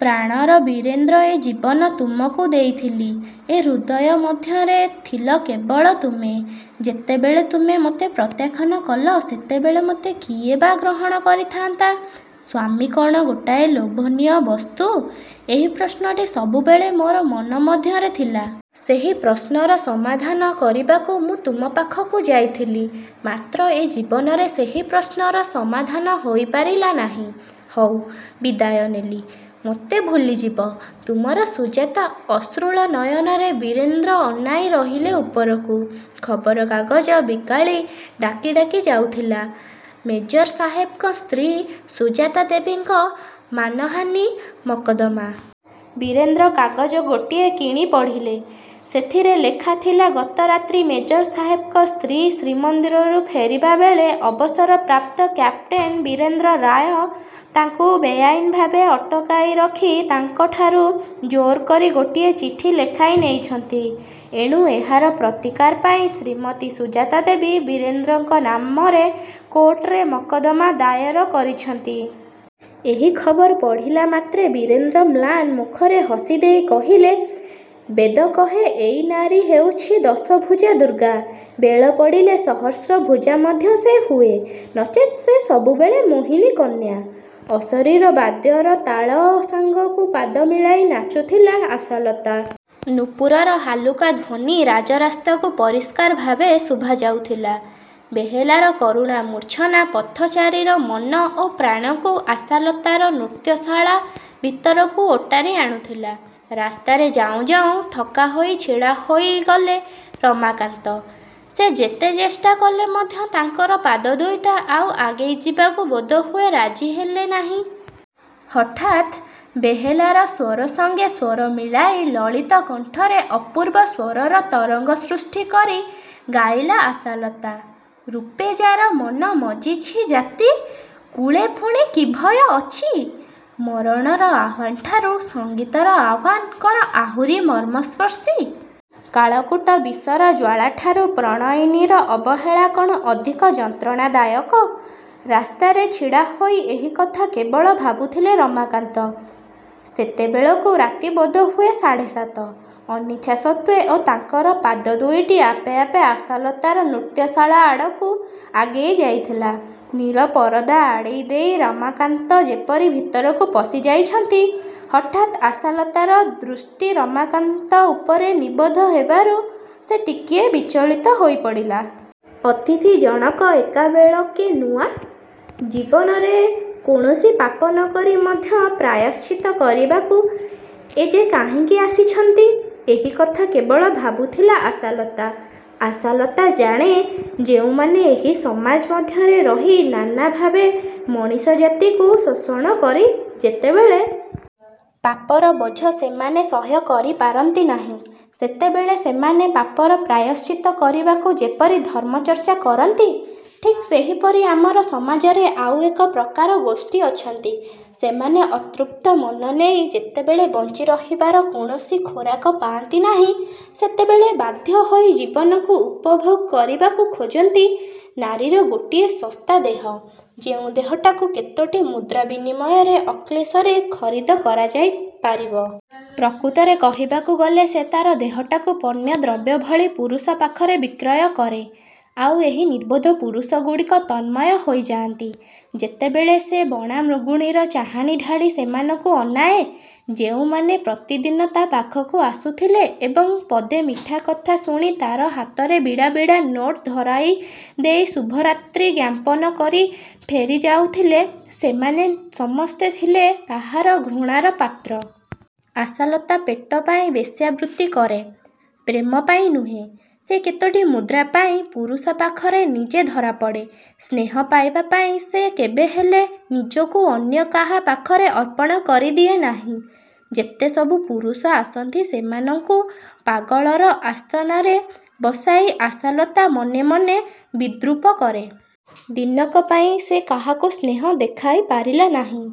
ପ୍ରାଣର ବୀରେନ୍ଦ୍ର ଏ ଜୀବନ ତୁମକୁ ଦେଇଥିଲି। ଏ ହୃଦୟ ମଧ୍ୟରେ ଥିଲ କେବଳ ତୁମେ। ଯେତେବେଳେ ତୁମେ ମୋତେ ପ୍ରତ୍ୟାଖ୍ୟାନ କଲ ସେତେବେଳେ ମୋତେ କିଏ ବା ଗ୍ରହଣ କରିଥାନ୍ତା? ସ୍ୱାମୀ କ'ଣ ଗୋଟାଏ ଲୋଭନୀୟ ବସ୍ତୁ? ଏହି ପ୍ରଶ୍ନଟି ସବୁବେଳେ ମୋର ମନ ମଧ୍ୟରେ ଥିଲା। ସେହି ପ୍ରଶ୍ନର ସମାଧାନ କରିବାକୁ ମୁଁ ତୁମ ପାଖକୁ ଯାଇଥିଲି। ମାତ୍ର ଏ ଜୀବନରେ ସେହି ପ୍ରଶ୍ନର ସମାଧାନ ହୋଇପାରିଲା ନାହିଁ। ହଉ ବିଦାୟ ନେଲି, ମୋତେ ଭୁଲିଯିବ-। ତୁମର ସୁଜାତା ଅଶ୍ରୁଳ ନୟନରେ ବୀରେନ୍ଦ୍ର ଅନାଇ ରହିଲେ ଉପରକୁ। ଖବରକାଗଜ ବିକାଳି ଡାକି ଡାକି ଯାଉଥିଲା ମେଜର ସାହେବଙ୍କ ସ୍ତ୍ରୀ ସୁଜାତାଦେବୀଙ୍କ ମାନହାନି ମକଦ୍ଦମା। ବୀରେନ୍ଦ୍ର କାଗଜ ଗୋଟିଏ କିଣି ପଢ଼ିଲେ। ସେଥିରେ ଲେଖାଥିଲା ଗତ ରାତ୍ରି ମେଜର ସାହେବଙ୍କ ସ୍ତ୍ରୀ ଶ୍ରୀମନ୍ଦିରରୁ ଫେରିବା ବେଳେ ଅବସର ପ୍ରାପ୍ତ କ୍ୟାପଟେନ୍ ବୀରେନ୍ଦ୍ର ରାୟ ତାଙ୍କୁ ବେଆଇନ୍ ଭାବେ ଅଟକାଇରଖି ତାଙ୍କଠାରୁ ଜୋରକରି ଗୋଟିଏ ଚିଠି ଲେଖାଇ ନେଇଛନ୍ତି। ଏଣୁ ଏହାର ପ୍ରତିକାର ପାଇଁ ଶ୍ରୀମତୀ ସୁଜାତାଦେବୀ ବୀରେନ୍ଦ୍ରଙ୍କ ନାମରେ କୋର୍ଟରେ ମକଦ୍ଦମା ଦାଏର କରିଛନ୍ତି। ଏହି ଖବର ପଢ଼ିଲା ମାତ୍ରେ ବୀରେନ୍ଦ୍ର ମ୍ଳାନ ମୁଖରେ ହସିଦେଇ କହିଲେ, ''ବେଦ କହେ ଏଇ ନାରୀ ହେଉଛି ଦଶଭୁଜା ଦୁର୍ଗା। ବେଳପଡ଼ିଲେ ସହସ୍ର ଭୁଜା ମଧ୍ୟ ସେ ହୁଏ। ନଚେତ୍ ସେ ସବୁବେଳେ ମୋହିନୀ କନ୍ୟା। '' ଅଶରୀରୀ ବାଦ୍ୟର ତାଳ ସାଙ୍ଗକୁ ପାଦ ମିଳାଇ ନାଚୁଥିଲା ଆଶାଲତା। ନୂପୁରର ହାଲୁକା ଧ୍ୱନି ରାଜରାସ୍ତାକୁ ପରିଷ୍କାର ଭାବେ ଶୁଭାଯାଉଥିଲା। ବେହେଲାର କରୁଣ ମୂର୍ଚ୍ଛନା ପଥଚାରୀର ମନ ଓ ପ୍ରାଣକୁ ଆଶାଲତାର ନୃତ୍ୟଶାଳା ଭିତରକୁ ଓଟାରି ଆଣୁଥିଲା। ରାସ୍ତାରେ ଯାଉଁ ଯାଉଁ ଥକାହୋଇ ଛିଡ଼ା ହୋଇଗଲେ ରମାକାନ୍ତ। ସେ ଯେତେ ଚେଷ୍ଟା କଲେ ମଧ୍ୟ ତାଙ୍କର ପାଦ ଦୁଇଟା ଆଉ ଆଗେଇ ଯିବାକୁ ବୋଧହୁଏ ରାଜି ହେଲେ ନାହିଁ। ହଠାତ୍ ବେହେଲାର ସ୍ୱର ସଙ୍ଗେ ସ୍ୱର ମିଳାଇ ଲଳିତ କଣ୍ଠରେ ଅପୂର୍ବ ସ୍ୱରର ତରଙ୍ଗ ସୃଷ୍ଟି କରି ଗାଇଲା ଆଶାଲତା- 'ରୂପେ ଯାର ମନ ମଜିଛି ଜାତି, କୁଳେ ପୁଣି କି ଭୟ ଅଛି? ' ମରଣର ଆହ୍ୱାନଠାରୁ ସଙ୍ଗୀତର ଆହ୍ୱାନ କ'ଣ ଆହୁରି ମର୍ମସ୍ପର୍ଶୀ? କାଳକୂଟ ବିଷର ଜ୍ୱଳାଠାରୁ ପ୍ରଣୟିନୀର ଅବହେଳା କ'ଣ ଅଧିକ ଯନ୍ତ୍ରଣାଦାୟକ? ରାସ୍ତାରେ ଛିଡ଼ାହୋଇ ଏହିକଥା କେବଳ ଭାବୁଥିଲେ ରମାକାନ୍ତ। ସେତେବେଳକୁ ରାତି ବୋଧହୁଏ ସାଢ଼େ ସାତ। ଅନିଚ୍ଛା ସତ୍ତ୍ୱେ ଓ ତାଙ୍କର ପାଦ ଦୁଇଟି ଆପେ ଆପେ। ଆଶାଲତାର ନୃତ୍ୟଶାଳା ଆଡ଼କୁ ଆଗେଇ ଯାଇଥିଲା। ନୀଳ ପରଦା ଆଡ଼େଇଦେଇ ରମାକାନ୍ତ ଯେପରି ଭିତରକୁ ପଶିଯାଇଛନ୍ତି, ହଠାତ୍ ଆଶାଲତାର ଦୃଷ୍ଟି ରମାକାନ୍ତ ଉପରେ ନିବଦ୍ଧ ହେବାରୁ ସେ ଟିକିଏ ବିଚଳିତ ହୋଇପଡ଼ିଲା। ଅତିଥିଜଣକ ଏକାବେଳକେ ନୂଆ। ଜୀବନରେ କୌଣସି ପାପ ନ କରି ମଧ୍ୟ ପ୍ରାୟଶ୍ଚିତ୍ତ କରିବାକୁ ଏ ଯେ କାହିଁକି ଆସିଛନ୍ତି ଏହିକଥା କେବଳ ଭାବୁଥିଲା ଆଶାଲତା। ଆଶାଲତା ଜାଣେ ଯେଉଁମାନେ ଏହି ସମାଜ ମଧ୍ୟରେ ରହି ନାନା ଭାବେ ମଣିଷ ଜାତିକୁ ଶୋଷଣ କରି ଯେତେବେଳେ ପାପର ବୋଝ ସେମାନେ ସହ୍ୟ କରିପାରନ୍ତି ନାହିଁ ସେତେବେଳେ ସେମାନେ ପାପର ପ୍ରାୟଶ୍ଚିତ କରିବାକୁ ଯେପରି ଧର୍ମଚର୍ଚ୍ଚା କରନ୍ତି, ଠିକ୍ ସେହିପରି ଆମର ସମାଜରେ ଆଉ ଏକ ପ୍ରକାର ଗୋଷ୍ଠୀ ଅଛନ୍ତି ସେମାନେ ଅତୃପ୍ତ ମନ ନେଇ ଯେତେବେଳେ ବଞ୍ଚିରହିବାର କୌଣସି ଖୋରାକ ପାଆନ୍ତି ନାହିଁ ସେତେବେଳେ ବାଧ୍ୟ ହୋଇ ଜୀବନକୁ ଉପଭୋଗ କରିବାକୁ ଖୋଜନ୍ତି ନାରୀର ଗୋଟିଏ ଶସ୍ତା ଦେହ, ଯେଉଁ ଦେହଟାକୁ କେତୋଟି ମୁଦ୍ରା ବିନିମୟରେ ଅକ୍ଳେଶରେ ଖରିଦ କରାଯାଇ ପାରିବ। ପ୍ରକୃତରେ କହିବାକୁ ଗଲେ ସେ ତା'ର ଦେହଟାକୁ ପଣ୍ୟ ଦ୍ରବ୍ୟ ଭଳି ପୁରୁଷ ପାଖରେ ବିକ୍ରୟ କରେ। ଆଉ ଏହି ନିର୍ବୋଧ ପୁରୁଷଗୁଡ଼ିକ ତନ୍ମୟ ହୋଇଯାଆନ୍ତି ଯେତେବେଳେ ସେ ବଣା ମୃଗୁଣୀର ଚାହାଣି ଢାଳି ସେମାନଙ୍କୁ ଅନାଏ। ଯେଉଁମାନେ ପ୍ରତିଦିନ ତା' ପାଖକୁ ଆସୁଥିଲେ ଏବଂ ପଦେ ମିଠା କଥା ଶୁଣି ତା'ର ହାତରେ ବିଡ଼ା ବିଡ଼ା ନୋଟ ଧରାଇଦେଇ ଶୁଭରାତ୍ରୀ ଜ୍ଞାପନ କରି ଫେରିଯାଉଥିଲେ ସେମାନେ ସମସ୍ତେ ଥିଲେ ତାହାର ଘୃଣାର ପାତ୍ର। ଆଶାଲତା ପେଟ ପାଇଁ ବେଶ୍ୟାବୃତ୍ତି କରେ, ପ୍ରେମ ପାଇଁ ନୁହେଁ। ସେ କେତୋଟି ମୁଦ୍ରା ପାଇଁ ପୁରୁଷ ପାଖରେ ନିଜେ ଧରାପଡ଼େ। ସ୍ନେହ ପାଇବା ପାଇଁ ସେ କେବେହେଲେ ନିଜକୁ ଅନ୍ୟ କାହା ପାଖରେ ଅର୍ପଣ କରି ଦିଏ ନାହିଁ। ଯେତେ ସବୁ ପୁରୁଷ ଆସନ୍ତି ସେମାନଙ୍କୁ ପାଗଳର ଆସ୍ଥାନରେ ବସାଇ ଆଶାଲତା ମନେମନେ ବିଦ୍ରୂପ କରେ। ଦିନକ ପାଇଁ ସେ କାହାକୁ ସ୍ନେହ ଦେଖାଇ ପାରିଲା ନାହିଁ।